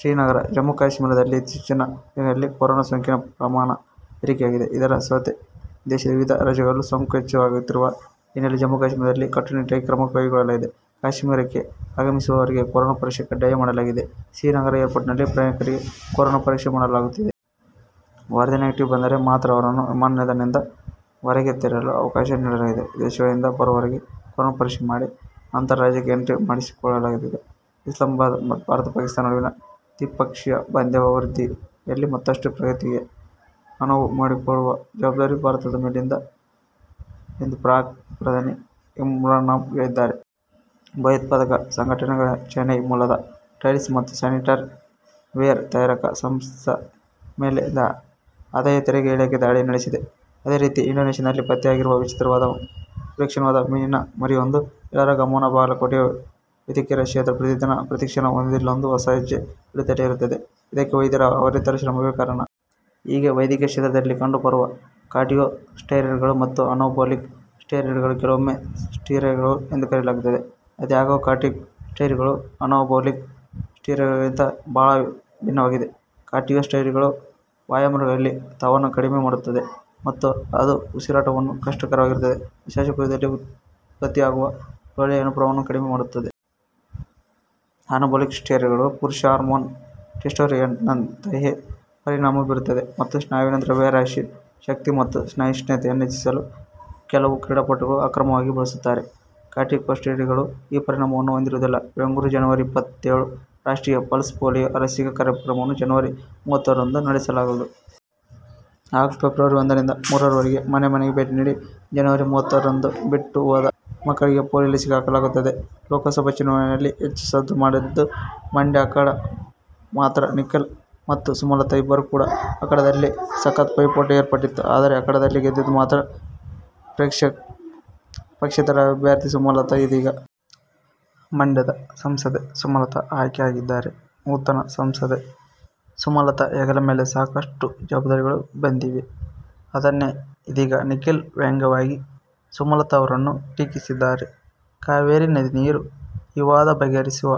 ಶ್ರೀನಗರ: ಜಮ್ಮು ಕಾಶ್ಮೀರದಲ್ಲಿ ಇತ್ತೀಚಿನ ದಿನಗಳಲ್ಲಿ ಕೊರೊನಾ ಸೋಂಕಿನ ಪ್ರಮಾಣ ಏರಿಕೆಯಾಗಿದೆ. ಇದರ ಜೊತೆ ದೇಶದ ವಿವಿಧ ರಾಜ್ಯಗಳಲ್ಲೂ ಸೋಂಕು ಹೆಚ್ಚಾಗುತ್ತಿರುವ ಹಿನ್ನೆಲೆ ಜಮ್ಮು ಕಾಶ್ಮೀರದಲ್ಲಿ ಕಟ್ಟುನಿಟ್ಟಿನ ಕ್ರಮ ಕೈಗೊಳ್ಳಲಾಗಿದೆ. ಕಾಶ್ಮೀರಕ್ಕೆ ಆಗಮಿಸುವವರಿಗೆ ಕೊರೊನಾ ಪರೀಕ್ಷೆ ಕಡ್ಡಾಯ ಮಾಡಲಾಗಿದೆ. ಶ್ರೀನಗರದ ಏರ್ಪೋರ್ಟ್ನಲ್ಲಿ ಪ್ರಯಾಣಿಕರಿಗೆ ಕೊರೊನಾ ಪರೀಕ್ಷೆ ಮಾಡಲಾಗುತ್ತಿದೆ. ವರದಿ ನೆಗೆಟಿವ್ ಬಂದರೆ ಮಾತ್ರ ಅವರನ್ನ ವಿಮಾನ ನಿಲ್ದಾಣದಿಂದ ಹೊರಗೆ ತೆರಳಲು ಅವಕಾಶ ನೀಡಲಾಗಿದೆ. ವಿದೇಶಗಳಿಂದ ಬರುವವರಿಗೂ ಕೊರೊನಾ ಪರೀಕ್ಷೆ ಮಾಡಿ ನಂತರ ರಾಜ್ಯಕ್ಕೆ ಎಂಟ್ರಿ ಮಾಡಿಸಿಕೊಳ್ಳಲಾಗ್ತಿದೆ. ಇಸ್ಲಾಮಾಬಾದ್: ಭಾರತ-ಪಾಕಿಸ್ತಾನ ನಡುವಿನ ದ್ವಿಪಕ್ಷೀಯ ಬಾಂಧವ್ಯ ವೃದ್ಧಿಯಲ್ಲಿ ಮತ್ತಷ್ಟು ಪ್ರಗತಿಗೆ ಅನುವು ಮಾಡಿಕೊಡುವ ಜವಾಬ್ದಾರಿ ಭಾರತದ ಮೇಲಿದೆ ಎಂದು ಪಾಕ್ ಪ್ರಧಾನಿ ಇಮ್ರಾನ್ಖಾನ್ ಹೇಳಿದ್ದಾರೆ. ಭಯೋತ್ಪಾದಕ ಸಂಘಟನೆಗಳಚೆನ್ನೈ ಮೂಲದ ಟೈಲ್ಸ್ ಮತ್ತು ಸ್ಯಾನಿಟರಿ ವೇರ್ ತಯಾರಕ ಸಂಸ್ಥೆ ಮೇಲೆ ಆದಾಯ ತೆರಿಗೆ ಇಲಾಖೆ ದಾಳಿ ನಡೆಸಿದೆ. ಅದೇ ರೀತಿ ಇಂಡೋನೇಷ್ಯಾದಲ್ಲಿ ಪತ್ತೆಯಾಗಿರೋ ವಿಚಿತ್ರವಾದ ಮತ್ತು ವಿಲಕ್ಷಣವಾದ ಮೀನಿನ ಮರಿಯೊಂದು ಎಲ್ಲರ ಗಮನಬಾಗಲಕೋಟೆ: ವೈದ್ಯಕೀಯ ಕ್ಷೇತ್ರ ಪ್ರತಿದಿನ, ಪ್ರತಿಕ್ಷಣ ಒಂದಿಲ್ಲೊಂದು ಹೊಸ ಹೆಜ್ಜೆ ಇಡುತ್ತಲೇ ಇರುತ್ತದೆ, ಇದಕ್ಕೆ ವೈದ್ಯರ ಅವಿರತ ಶ್ರಮವೇ ಕಾರಣ. ಹೀಗೆ ವೈದ್ಯಕೀಯ ಕ್ಷೇತ್ರದಲ್ಲಿ ಕಂಡು ಬರುವ ಕಾರ್ಟಿಕೊ ಸ್ಟೆರಾಯ್ಡ್ಗಳು ಮತ್ತು ಅನಾಬೊಲಿಕ್ ಸ್ಟೀರಾಯ್ಡ್ಗಳನ್ನು ಕೆಲವೊಮ್ಮೆ ಸ್ಟೀರಾಯ್ಡ್ಗಳು ಎಂದು ಕರೆಯಲಾಗುತ್ತದೆ. ಆದಾಗ್ಯೂ, ಕಾರ್ಟಿಕೊ ಸ್ಟೆರಾಯ್ಡ್ಗಳು ಅನಾಬೊಲಿಕ್ ಸ್ಟೀರಾಯ್ಡ್ಗಳಿಗಿಂತ ಬಹಳ ಭಿನ್ನವಾಗಿವೆ. ಕಾರ್ಟಿಕೊ ಸ್ಟೆರಾಯ್ಡ್ಗಳು ವಾಯುಮಾರ್ಗಗಳಲ್ಲಿನ ತವನ್ನು ಕಡಿಮೆ ಮಾಡುತ್ತದೆ ಮತ್ತು ಅದು ಉಸಿರಾಟವನ್ನು ಕಷ್ಟಕರವಾಗಿಸುತ್ತದೆ ಮತ್ತು ಶ್ವಾಸಕೋಶದಲ್ಲಿ ಉತ್ಪತ್ತಿಯಾಗುವ ಲೋಳೆಯ ಪ್ರಮಾಣವನ್ನು ಕಡಿಮೆ ಮಾಡುತ್ತದೆ. ಅನಾಬೊಲಿಕ್ ಸ್ಟೀರಾಯ್ಡ್ಗಳು ಪುರುಷ ಹಾರ್ಮೋನ್ ಟೆಸ್ಟೋಸ್ಟೆರಾನ್ ನಂತೆಯೇ ಪರಿಣಾಮ ಬೀರುತ್ತವೆ ಮತ್ತು ಸ್ನಾಯುವಿನ ದ್ರವ್ಯರಾಶಿ, ಶಕ್ತಿ ಮತ್ತು ಸಹಿಷ್ಣುತೆಯನ್ನು ಹೆಚ್ಚಿಸಲು ಕೆಲವು ಕ್ರೀಡಾಪಟುಗಳು ಅಕ್ರಮವಾಗಿ ಬಳಸುತ್ತಾರೆ. ಕಾರ್ಟಿಕೊಸ್ಟೆರಾಯ್ಡ್ಗಳು ಈ ಪರಿಣಾಮಗಳನ್ನು ಹೊಂದಿರುವುದಿಲ್ಲ. ಬೆಂಗಳೂರು, ಜನವರಿ ಇಪ್ಪತ್ತೇಳು: ರಾಷ್ಟ್ರೀಯ ಪಲ್ಸ್ ಪೋಲೀಯೋ ಲಸಿಕಾ ಕಾರ್ಯಕ್ರಮವನ್ನು ಜನವರಿ ಮೂವತ್ತೊಂದರಂದು ನಡೆಸಲಾಗುವುದು. ಹಾಗೂ ಫೆಬ್ರವರಿ ಒಂದರಿಂದ ಮೂರರವರೆಗೆ ಮನೆ ಮನೆಗೆ ಭೇಟಿ ನೀಡಿ ಜನವರಿ. ಮೂವತ್ತೊಂದರಂದು ಬಿಟ್ಟು ಹೋದ ಮಕ್ಕಳಿಗೆ ಪೋಲಿಯೋ ಲಸಿಕೆ ಹಾಕಲಾಗುತ್ತದೆ. ಲೋಕಸಭಾ ಚುನಾವಣೆಯಲ್ಲಿ ಹೆಚ್ಚು ಸದ್ದು ಮಾಡಿದ್ದು ಮಂಡ್ಯ ಅಖಾಡ ಮಾತ್ರ.. ನಿಖಿಲ್ ಮತ್ತು ಸುಮಲತಾ ಇಬ್ಬರು ಕೂಡ ಅಖಾಡದಲ್ಲಿ ಸಖತ್ ಪೈಪೋಟಿ ಏರ್ಪಟ್ಟಿತ್ತು.. ಆದರೆ ಅಖಾಡದಲ್ಲಿ ಗೆದ್ದಿದ್ದು ಮಾತ್ರ ಪಕ್ಷೇತರ ಅಭ್ಯರ್ಥಿ ಸುಮಲತಾ. ಇದೀಗ ಮಂಡ್ಯದ ಸಂಸದೆ ಸುಮಲತಾ ಆಯ್ಕೆ ಆಗಿದ್ದಾರೆ. ನೂತನ ಸಂಸದೆ ಸುಮಲತಾ ಹೆಗಲ ಮೇಲೆ ಸಾಕಷ್ಟು ಜವಬ್ಧಾರಿಗಳು ಬಂದಿವೆ. ಅದನ್ನೆ ಇದೀಗ ನಿಖಿಲ್ ವ್ಯಂಗ್ಯವಾಗಿ ಸುಮಲತಾ ಅವರನ್ನು ಟೀಕಿಸಿದ್ದಾರೆ. ಕಾವೇರಿ ನದಿ ನೀರು ವಿವಾದ ಬಗೆಹರಿಸುವ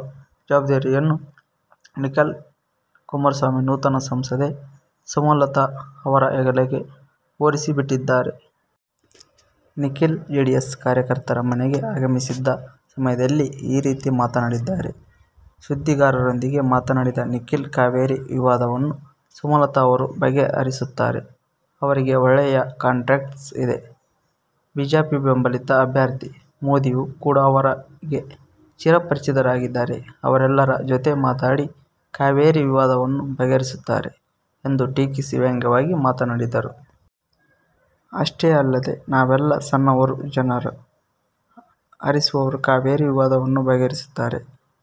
ಜವಬ್ದಾರಿಯನ್ನು ನಿಖಿಲ್ ಕುಮಾರಸ್ವಾಮಿ ನೂತನ ಸಂಸದೆ ಸುಮಲತಾ ಅವರ ಹೆಗಲಿಗೆ ಹೊರಸಿ ಬಿಟ್ಟಿದ್ದಾರೆ. ನಿಖಿಲ್ ಜೆಡಿಎಸ್ ಕಾರ್ಯಕರ್ತರ ಮನೆಗೆ ಆಗಮಿಸಿದ್ದ ಸಮಯದಲ್ಲಿ ಈ ರೀತಿ ಮಾತನಾಡಿದ್ದಾರೆ. ಸುದ್ದಿಗಾರರೊಂದಿಗೆ ಮಾತನಾಡಿದ ನಿಖಿಲ್ ಕಾವೇರಿ ವಿವಾದವನ್ನು ಸುಮಲತಾ ಅವರು ಬಗೆ ಹರಿಸುತ್ತಾರೆ. ಅವರಿಗೆ ಒಳ್ಳೆಯ ಕಾಂಟ್ಯಾಕ್ಟ್ಸ್ ಇದೆ.. ಬಿಜೆಪಿ ಬೆಂಬಲಿತ ಅಭ್ಯರ್ಥಿ. ಮೋದಿಯು ಕೂಡ ಅವರಿಗೆ ಚಿರ ಪರಿಚಿತರಾಗಿದ್ದಾರೆ. ಅವರೆಲ್ಲರ ಜೊತೆ ಮಾತಾಡಿ ಕಾವೇರಿ ವಿವಾದವನ್ನು ಬಗೆಹರಿಸುತ್ತಾರೆ ಎಂದು ಟೀಕಿಸಿ ವ್ಯಂಗ್ಯವಾಗಿ ಮಾತನಾಡಿದರು. ಅಷ್ಟೆ ಅಲ್ಲದೆ ನಾವೆಲ್ಲ ಸಣ್ಣವರು, ಜನರು ಆರಿಸಿರುವವರು ಕಾವೇರಿ ವಿವಾದವನ್ನು ಬಗೆಹರಿಸುತ್ತಾರೆ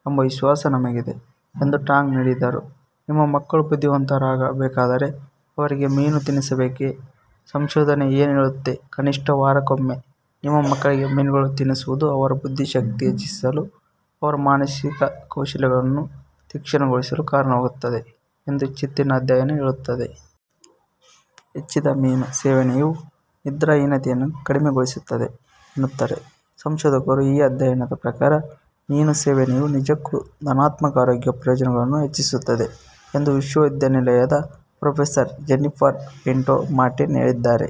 ಎಂಬ ವಿಶ್ವಾಸ ನಮಗಿದೆ ಎಂದು ಟಾಂಗ್ ನೀಡಿದರು. ನಿಮ್ಮ ಮಕ್ಕಳು ಬುದ್ಧಿವಂತರಾಗ ಬೇಕಾದರೆ ಅವರಿಗೆ ಮೀನು ತಿನ್ನಿಸಬೇಕೇ; ಸಂಶೋಧನೆ ಏನು ಹೇಳುತ್ತೆ ಕನಿಷ್ಠ ವಾರಕ್ಕೊಮ್ಮೆ ನಿಮ್ಮ ಮಕ್ಕಳಿಗೆ ಮೀನುಗಳನ್ನು ತಿನ್ನಿಸುವುದು ಅವರ ಬುದ್ಧಿ ಶಕ್ತಿ ಹೆಚ್ಚಿಸಲು, ಅವರ ಮಾನಸಿಕ ಕೌಶಲ್ಯಗಳನ್ನು ತೀಕ್ಷ್ಣಗೊಳಿಸಲು ಕಾರಣವಾಗುತ್ತದೆ ಎಂದು ಇತ್ತೀಚಿನ ಅಧ್ಯಯನ ಹೇಳುತ್ತದೆ. ಹೆಚ್ಚಿದ ಮೀನು ಸೇವನೆಯು ನಿದ್ರಾಹೀನತೆಯನ್ನು ಕಡಿಮೆಗೊಳಿಸುತ್ತದೆ ಎನ್ನುತ್ತಾರೆ ಸಂಶೋಧಕರು. ಈ ಅಧ್ಯಯನದ ಪ್ರಕಾರ "ಮೀನು ಸೇವನೆಯು ನಿಜಕ್ಕೂ ಧನಾತ್ಮಕ ಆರೋಗ್ಯ ಪ್ರಯೋಜನಗಳನ್ನು ಹೆಚ್ಚಿಸುತ್ತದೆ" ಎಂದು ವಿಶ್ವವಿದ್ಯಾನಿಲಯದ ಪ್ರೊಫೆಸರ್ ಜೆನ್ನಿಫರ್ ಪಿಂಟೊ ಮಾರ್ಟಿನ್ ಹೇಳಿದ್ದಾರೆ.